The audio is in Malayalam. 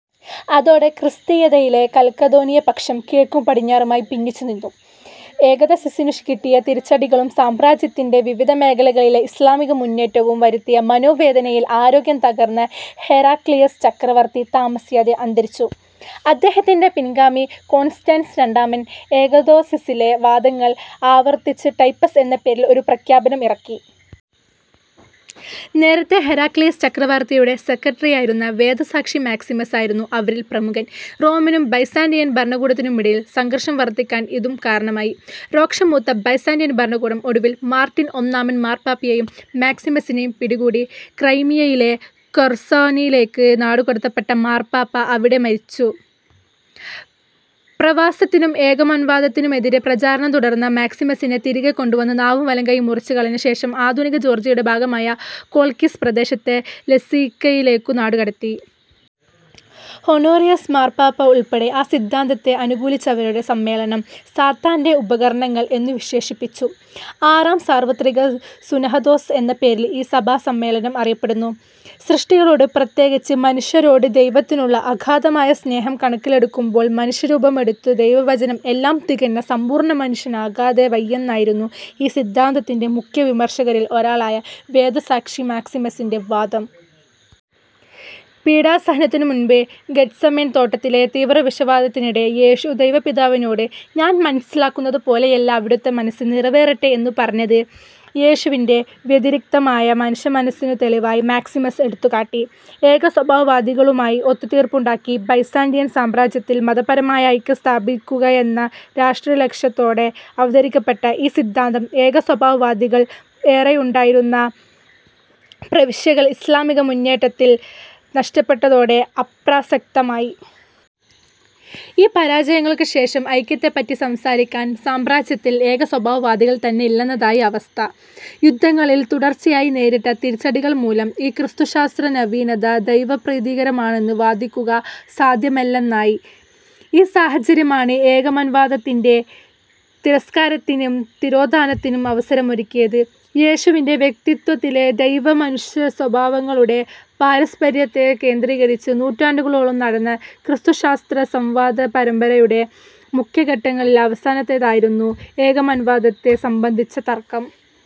അതോടെ ക്രിസ്തീയതയിലെ കൽക്കദോനിയപക്ഷം കിഴക്കും പടിഞ്ഞാറുമായി ഭിന്നിച്ചുനിന്നു. എക്തേസിസിനു കിട്ടിയ തിരിച്ചടികളും സാമ്രാജ്യത്തിന്റെ വിവിധമേഖലകളിലെ ഇസ്ലാമിക മുന്നേറ്റവും വരുത്തിയ മനോവേദനയിൽ ആരോഗ്യം തകർന്ന ഹെരാക്ലിയസ് ചക്രവർത്തി താമസിയാതെ അന്തരിച്ചു. അദ്ദേഹത്തിന്റെ പിൻഗാമി കോൺസ്റ്റൻസ് രണ്ടാമൻ എക്തേസിസിലെ വാദങ്ങൾ ആവർത്തിച്ച് ടൈപ്പസ് എന്ന പേരിൽ ഒരു പ്രഖ്യാപനം ഇറക്കി. നേരത്തേ ഹെരാക്ലിയസ് ചക്രവർത്തിയുടെ സെക്രട്ടറിയായായിരുന്ന വേദസാക്ഷി മാക്സിമസ് ആയിരുന്നു അവരിൽ പ്രമുഖൻ. റോമിനും ബൈസാന്തിയൻ ഭരണകൂടത്തിനുമിടയിൽ സംഘർഷം വർദ്ധിക്കാൻ ഇതും കാരണമായി. രോഷം മൂത്ത ബൈസാന്തിയൻ ഭരണകൂടം ഒടുവിൽ മാർട്ടിൻ ഒന്നാമൻ മാർപ്പാപ്പയേയും മാക്സിമസിനേയും പിടികൂടി. ക്രൈമിയയിലെ കെർസോണിലേക്കു നാടുകടത്തപ്പെട്ട മാർപ്പാപ്പ അവിടെ മരിച്ചു. പ്രവാസത്തിലും ഏകമനഃവാദത്തിനെതിരെ പ്രചാരണം തുടർന്ന മാക്സിമസിനെ, തിരികെ കൊണ്ടുവന്ന് നാവും വലംകൈയ്യും മുറിച്ചു കളഞ്ഞ ശേഷം, ആധുനിക ജോർജ്ജിയയുടെ ഭാഗമായ കോൾക്കിസ് പ്രദേശത്തെ ലസീക്കയിലേക്കു നാടുകടത്തി. ഹൊണോറിയസ് മാർപ്പാപ്പ ഉൾപ്പെടെ ആ സിദ്ധാന്തത്തെ അനുകൂലിച്ചവരെ സമ്മേളനം, "സാത്താന്റെ ഉപകരണങ്ങൾ" എന്നു വിശേഷിപ്പിച്ചു. ആറാം സാർവർത്രിക സൂനഹദോസ് എന്ന പേരിൽ ഈ സഭാസമ്മേളനം അറിയപ്പെടുന്നു. സൃഷ്ടികളോട് പ്രത്യേകിച്ച് മനുഷ്യരോട് ദൈവത്തിനുള്ള അഗാധമായ സ്നേഹം കണക്കിലെടുക്കുമ്പോൾ, മനുഷ്യരൂപമെടുത്ത ദൈവവചനം എല്ലാം തികഞ്ഞ സമ്പൂർണ്ണമനുഷ്യൻ ആകാതെ വയ്യെന്നായിരുന്നു ഈ സിദ്ധാന്തത്തിന്റെ മുഖ്യവിമർശകരിൽ ഒരാളായ വേദസാക്ഷി മാക്സിമസിന്റെ വാദം. പീഡാസഹനത്തിനു മുൻപ് ഗെദ്സമേൻ തോട്ടത്തിലെ തീവ്രവിഷാദത്തിനിടെ യേശു, ദൈവപിതാവിനോട് "ഞാൻ മൻസ്സാകുന്നതു പോലെയല്ല, അവിടുത്തെ മനസ്സ് നിറവേറട്ടെ" എന്നു പറഞ്ഞത്, യേശുവിന്റെ വ്യതിരിക്തമായ മനുഷ്യമനസ്സിനു തെളിവായി മാക്സിമസ് എടുത്തുകാട്ടി. ഏകസ്വഭാവവാദികളുമായി ഒത്തുതീർപ്പുണ്ടാക്കി ബൈസാന്തിയൻ സാമ്രാജ്യത്തിൽ മതപരമായ ഐക്യം സ്ഥാപിക്കുകയെന്ന രാഷ്ട്രീയലക്ഷ്യത്തോടെ അവതരിപ്പിക്കപ്പെട്ട ഈ സിദ്ധാന്തം, ഏകസ്വഭാവവാദികൾ ഏറെയുണ്ടായിരുന്ന പ്രവിശ്യകൾ ഇസ്ലാമിക മുന്നേറ്റത്തിൽ നഷ്ടപ്പെട്ടതോടെ അപ്രസക്തമായി. ഈ പരാജയങ്ങൾക്കു ശേഷം, ഐക്യത്തെപ്പറ്റി സംസാരിക്കാൻ സാമ്രാജ്യത്തിൽ ഏകസ്വഭാവവാദികൾ തന്നെ ഇല്ലെന്നതായി അവസ്ഥ. യുദ്ധങ്ങളിൽ തുടർച്ചയായി നേരിട്ട തിരിച്ചടികൾ മൂലം, ഈ ക്രിസ്തുശാസ്ത്രനവീനത ദൈവപ്രീതികരമാണെന്നു വാദിക്കുക സാദ്ധ്യമല്ലെന്നായി. ഈ സാഹചര്യമാണ് ഏകമനഃവാദത്തിന്റെ തിരസ്കാരത്തിനും തിരോധാനത്തിനും അവസരമൊരുക്കിയത്. യേശുവിന്റെ വ്യക്തിത്വത്തിലെ ദൈവ-മനുഷ്യസ്വഭാവങ്ങളുടെ പാരസ്പര്യത്തെ കേന്ദ്രീകരിച്ച് നൂറ്റാണ്ടുകളോളം നടന്ന ക്രിസ്തുശാസ്ത്ര സംവാദപരമ്പരയുടെ മുഖ്യഘട്ടങ്ങളിൽ അവസാനത്തേതായിരുന്നു ഏകമനഃവാദത്തെ സംബന്ധിച്ച തർക്കം.